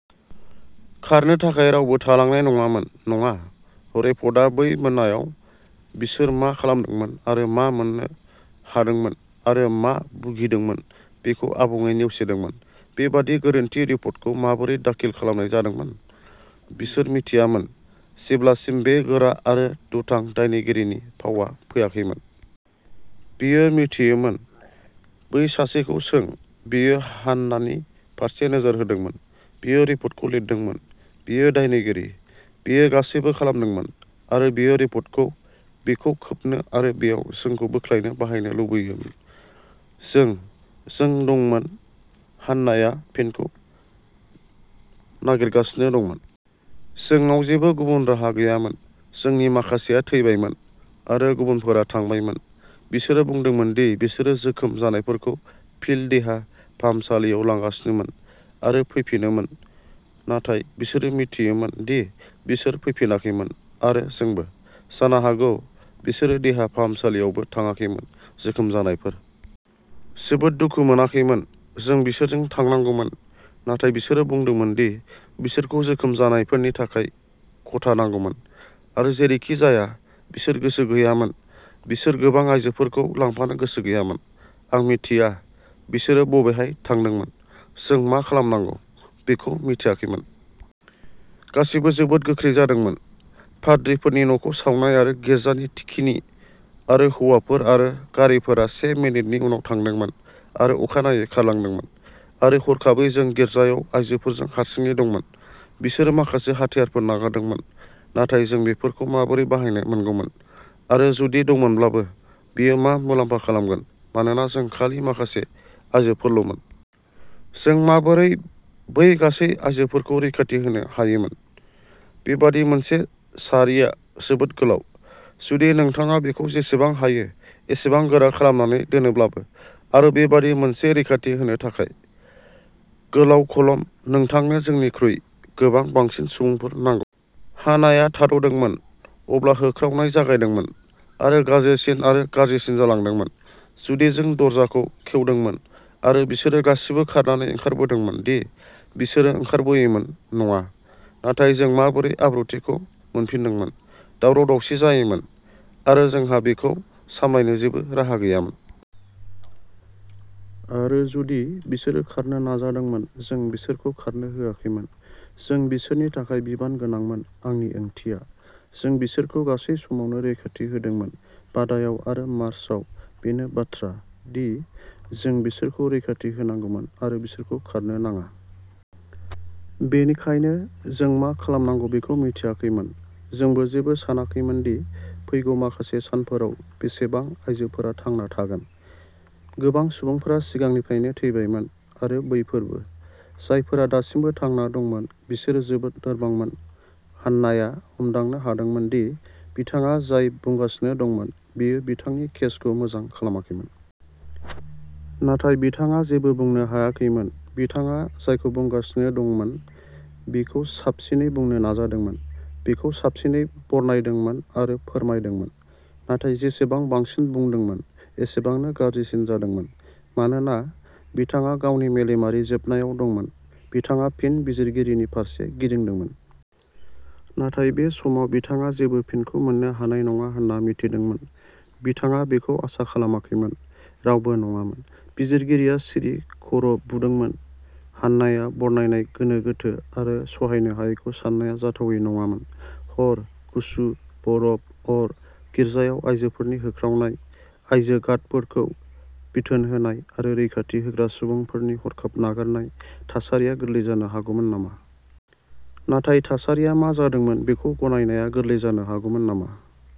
खारनो थाखाय रावबो थालांनाय नङामोन। नङा, रिपर्टआ बै मोनायाव बिसोर मा खालामदोंमोन आरो मा मोन्नो हादोंमोन आरो मा भुगिदोंमोन बेखौ आबुङै नेवसिदोंमोन। बेबादि गोरोन्थि रिपर्टखौ माबोरै दाखिल खालामनाय जादोंमोन? बिसोर मिथियामोन। जेब्लासिम बे गोरा आरो दुथां दायनिगिरिनि फावआ फैयाखैमोन। बियो मिथियोमोन। बै सासेखौ सों बियो हान्नानि फारसे नोजोर होदोंमोन। बियो रिपर्टखौ लिरदोंमोन। बियो दायनिगिरि, बियो गासैबो खालामदोंमोन, आरो बियो रिपर्टखौ बेखौ खोबनो आरो बेयाव जोंखौ बोख्लायनो बाहायनो लुगैयोमोन। जों, जों दंमोन हान्नाया फिनखौ नागिरगासिनो दंमोन। जोंनाव जेबो गुबुन राहा गैयामोन। जोंनि माखासेआ थैबायमोन, आरो गुबुनफोरा थांबायमोन। बिसोरो बुंदोंमोन दि बिसोरो जोखोम जानायफोरखौ फिल्ड देहा फाहामसालियाव लांगासिनोमोन आरो फैफिनोमोन, नाथाय बिसोरो मिथियोमोन दि बिसोर फैफिनाखैमोन, आरो जोंबो। जानो हागौ बिसोरो देहा फाहामसालियावबो थांआखैमोन, जोखोम जानायफोर। जोबोद दुखु मोनाखैमोन। जों बिसोरजों थांनांगौमोन, नाथाय बिसोरो बुंदोंमोन दि बिसोरखौ जोखोम जानायफोरनि थाखाय खथा नांगौमोन, आरो जेरैखिजाया बिसोर गोसो गैयामोन बिसोर गोबां आयजोफोरखौ लांफानो गोसो गैयामोन। आं मिथिया बिसोर बबेहाय थांदोंमोन। जों मा खालामनांगौ बेखौ मिथियाखैमोन। गासैबो जोबोद गोख्रै जादोंमोन, पाद्रिफोरनि न'खौ सावनाय आरो गिर्जानि थिखिनि, आरो हौवाफोर आरो गारिफोरा से मिनिटनि उनाव थांदोंमोन आरो अखानायै खारलांदोंमोन, आरो हरखाबै जों गिर्जायाव आइजोफोरजों हारसिङै दंमोन। बिसोरो माखासे हाथियारफोर नागारदोंमोन, नाथाय जों बेफोरखौ माबोरै बाहायनो मोनगौमोन, आरो जुदि दंमोनब्लाबो, बेयो मा मुलाम्फा खालामगोन, मानोना जों खालि माखासे आइजोफोरल'मोन? जों माबोरै बै गासै आयजोफोरखौ रैखाथि होनो हायोमोन? बेबादि मोनसे सारिआ जोबोद गोलाव, जुदि नोंथाङा बेखौ जेसेबां हायो एसेबां गोरा खालामनानै दोनोब्लाबो, आरो बेबादि मोनसे रैखाथि होनो थाखाय। गोलाव कलम, नोंथांनो जोंनिख्रुइ गोबां बांसिन सुबुंफोर नांगौ। हानाआ थाद'दोंमोन। अब्ला होख्रावनाय जागायदोंमोन आरो गाज्रिसिन आरो गाज्रिसिन जालांदोंमोन। जुदि जों दरजाखौ खेवदोंमोन आरो बिसोरो गासिबो खारनानै ओंखारबोदोंमोन दि बिसोरो ओंखारबोयोमोन नङा, नाथाय जों माबोरै आब्रुथिखौ मोनफिनदोंमोन? दावराव-दावसि जायोमोन, आरो जोंहा बेखौ सामलायनो जेबो राहा गैयामोन। आरो जुदि बिसोरो खारनो नाजादोंमोन जों बिसोरखौ खारनो होआखैमोन। जों बिसोरनि थाखाय बिबान गोनांमोन आंनि ओंथिया, जों बिसोरखौ गासै समावनो रैखाथि होदोंमोन, बादायाव आरो मार्चआव, बेनो बाथ्रा, दि जों बिसोरखौ रैखाथि होनांगौमोन आरो बिसोरखौ खारनो नाङा। बेनिखायनो जों मा खालामनांगौ बेखौ मिथियाखैमोन। जोंबो जेबो सानाखैमोन दि फैगौ माखासे सानफोराव बेसेबां आइजोफोरा थांना थागोन। गोबां सुबुंफोरा सिगांनिफ्रायनो थैबायमोन, आरो बैफोरबो। जायफोरा दासिमबो थांना दंमोन बिसोरो जोबोद लोरबांमोन हान्नाया हमदांनो हादोंमोन दि बिथाङा जाय बुंगासिनो दंमोन बियो बिथांनि केसखौ मोजां खालामाखैमोन। नाथाय बिथाङा जेबो बुंनो हायाखैमोन। बिथाङा जायखौ बुंगासिनो दंमोन बेखौ साबसिनै बुंनो नाजादोंमोन, बेखौ साबसिनै बरनायदोंमोन आरो फोरमायदोंमोन। नाथाय जेसेबां बांसिन बुंदोंमोन, एसेबांनो गाज्रिसिन जादोंमोन। मानोना बिथाङा गावनि मेलेमारि जोबनायाव दंमोन, बिथाङा फिन बिजिरगिरिनि फारसे गिदिंदोंमोन। नाथाय बे समाव बिथाङा जेबो फिनखौ मोन्नो हानाय नङा होन्ना मिथिदोंमोन। बिथाङा बेखौ आसा खालामाखैमोन। रावबो नङामोन। बिजिरगिरिया सिरि खर'बुदोंमोन। हान्नाया बरनायनाय गोनो-गोथो आरो सहायनो हायैखौ साननाया जाथावै नङामोन। हर, गुसु, बरफ, अर, गिर्जायाव आयजोफोरनि होख्रावनाय, आयजो गार्डफोरखौ बिथोन होनाय आरो रैखाथि होग्रा सुबुंफोरनि हरखाब नागारनाय थासारिया गोरलै जानो हागौमोन नामा? नाथाय थासारिया मा जादोंमोन बेखौ गनायनाया गोरलै जानो हागौमोन नामा?